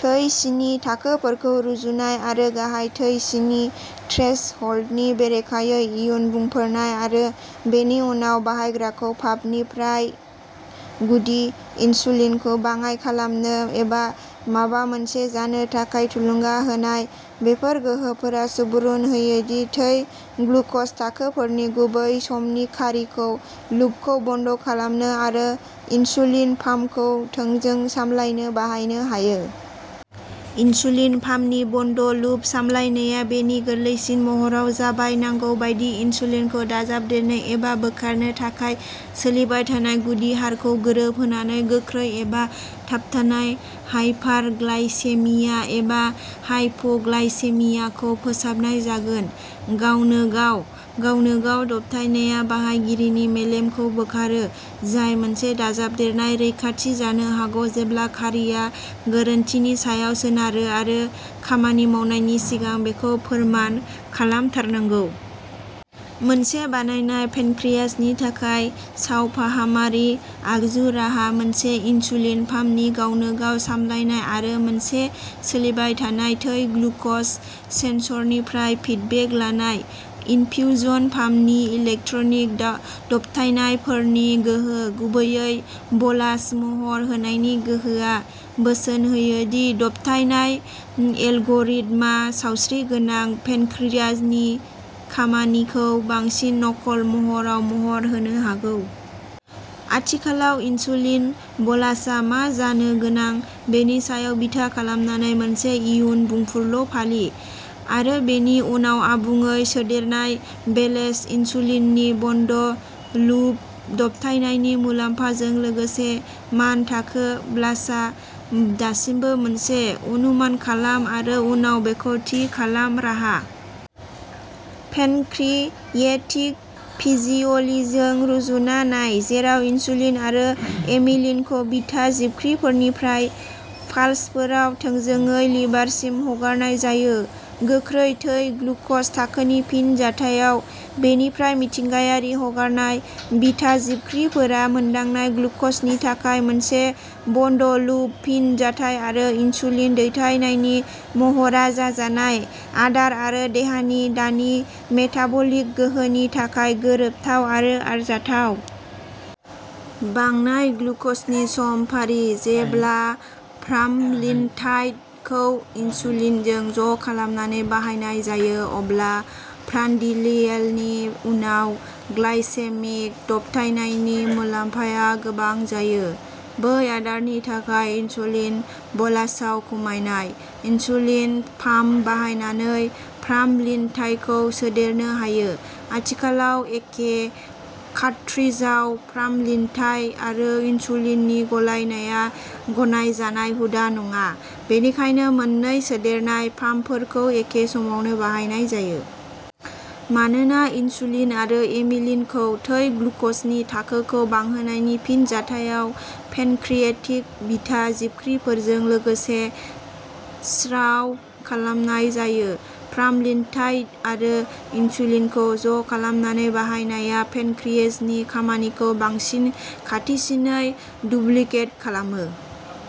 थै सिनि थाखोफोरखौ रुजुनाय आरो गाहाय थै सिनि थ्रेसहोल्डनि बेरेखायै इयुन बुंफोरनाय, आरो बेनि उनाव बाहायग्राखौ पाम्पनिफ्राय गुदि इनसुलिनखौ बाङाइ खालामनो एबा माबा मोनसे जानो थाखाय थुलुंगा होनाय। बेफोर गोहोफोरा सुबुरुन होयो दि थै ग्लुक'ज थाखोफोरनि गुबै-समनि खारिखौ "लुपखौ बन्द" खालामनो आरो इनसुलिन पाम्पखौ थोंजों सामलायनो बाहायनो हायो। इनसुलिन पाम्पनि बन्द लुप सामलायनाया बेनि गोरलैसिन महराव जाबाय नांगौ बायदि इनसुलिनखौ दाजाबदेरनो एबा बोखारनो थाखाय सोलिबाय थानाय गुदि हारखौ गोरोबहोनानै गोख्रै एबा थाबथानाय हाइपारग्लाइसेमिया एबा हाइप'ग्लाइसेमियाखौ फोसाबनाय जागोन, गावनो गाव। गावनो गाव दबथायनाया बाहायगिरिनि मेलेमखौ बोखारो, जाय मोनसे दाजाबदेरनाय रैखाथि जानो हागौ जेब्ला खारिआ गोरोन्थिनि सायाव सोनारो आरो खामानि मावनायनि सिगां बेखौ फोरमान खालामथारनांगौ। मोनसे बानायनाय पेनक्रियाजनि थाखाय सावफाहामारि आगजु राहाः मोनसे इनसुलिन पाम्पनि गावनो-गाव सामलायनाय आरो मोनसे सोलिबाय थानाय थै ग्लुक'ज सेनसरनिफ्राय फिडबेक लानाय। इनफ्युजन पाम्पनि इलेक्ट्रनिक दबथायनायफोरनि गोहो, गुबैयै बलास महर होनायनि गोहोआ, बोसोन होयो दि दबथायनाय एलगरिदमा सावस्रिगोनां पेनक्रियाजनि खामानिखौ बांसिन नकल महराव महर होनो हागौ। आथिखालाव, इनसुलिन बलासआ मा जानो गोनां बेनि सायाव बिथा खालामनानै मोनसे इयुन बुंफुरलु फालि, आरो बेनि उनाव आबुङै सोदेरनाय। बेसेल इनसुलिननि बन्द-लुप दबथायनायनि मुलाम्फाजों लोगोसे, मानथाखो बलासआ दासिमबो मोनसे "अनुमान खालाम आरो उनाव बेखौ थि खालाम" राहा। पेनक्रियेटिक फिजिअल'जिजों रुजुना नाय, जेराव इनसुलिन आरो एमिलिनखौ बिटा जिबख्रिफोरनिफ्राय पाल्सफोराव थोंजोङै लिभारसिम हगारनाय जायो, गोख्रै थै ग्लुक'ज थाखोनि फिनजाथायाव। बेनिफ्राय मिथिंगायारि हगारनाय। बिटा जिबख्रिफोरा मोनदांनाय ग्लुकजनि थाखाय मोनसे बन्द लुप फिनजाथाय, आरो इनसुलिन दैथायनायनि महरा जाजानाय आदार आरो देहानि दानि मेटाबलिक गोहोनि थाखाय गोरोबथाव आरो आरजाथाव। बांनाय ग्लुकजनि समफारि। जेब्ला प्रामलिनटाइड खौ इनसुलिनजों ज'खालामनानै बाहायनाय जायो, अब्ला प्रान्डियेलनि उनाव ग्लाइसेमिक दबथायनायनि मुलाम्फाया गोबां जायो। बै आदारनि थाखाय इनसुलिन बलासआव खमायनाय। इनसुलिन पाम्प बाहायनानै प्रामलिनटाइडखौ सोदेरनो हायो। आथिखालाव, एखे कार्ट्रिजआव प्रामलिनटाइड आरो इनसुलिननि गलायनाया गनायजानाय हुदा नङा, बेनिखायनो मोननै सोदेरनाय पाम्पफोरखौ एखे समावनो बाहायनाय जायो। मानोना इनसुलिन आरो एमिलिनखौ थै ग्लुकजनि थाखोखौ बांहोनायनि फिनजाथायाव पेनक्रिएटिक बिटा जिबख्रिफोरजों लोगो-स्राव खालामनाय जायो, प्रामलिनटाइड आरो इनसुलिनखौ ज'खालामनानै बाहायनाया पेनक्रियेजनि खामानिखौ बांसिन खाथिसिनै डुप्लिकेट खालामो।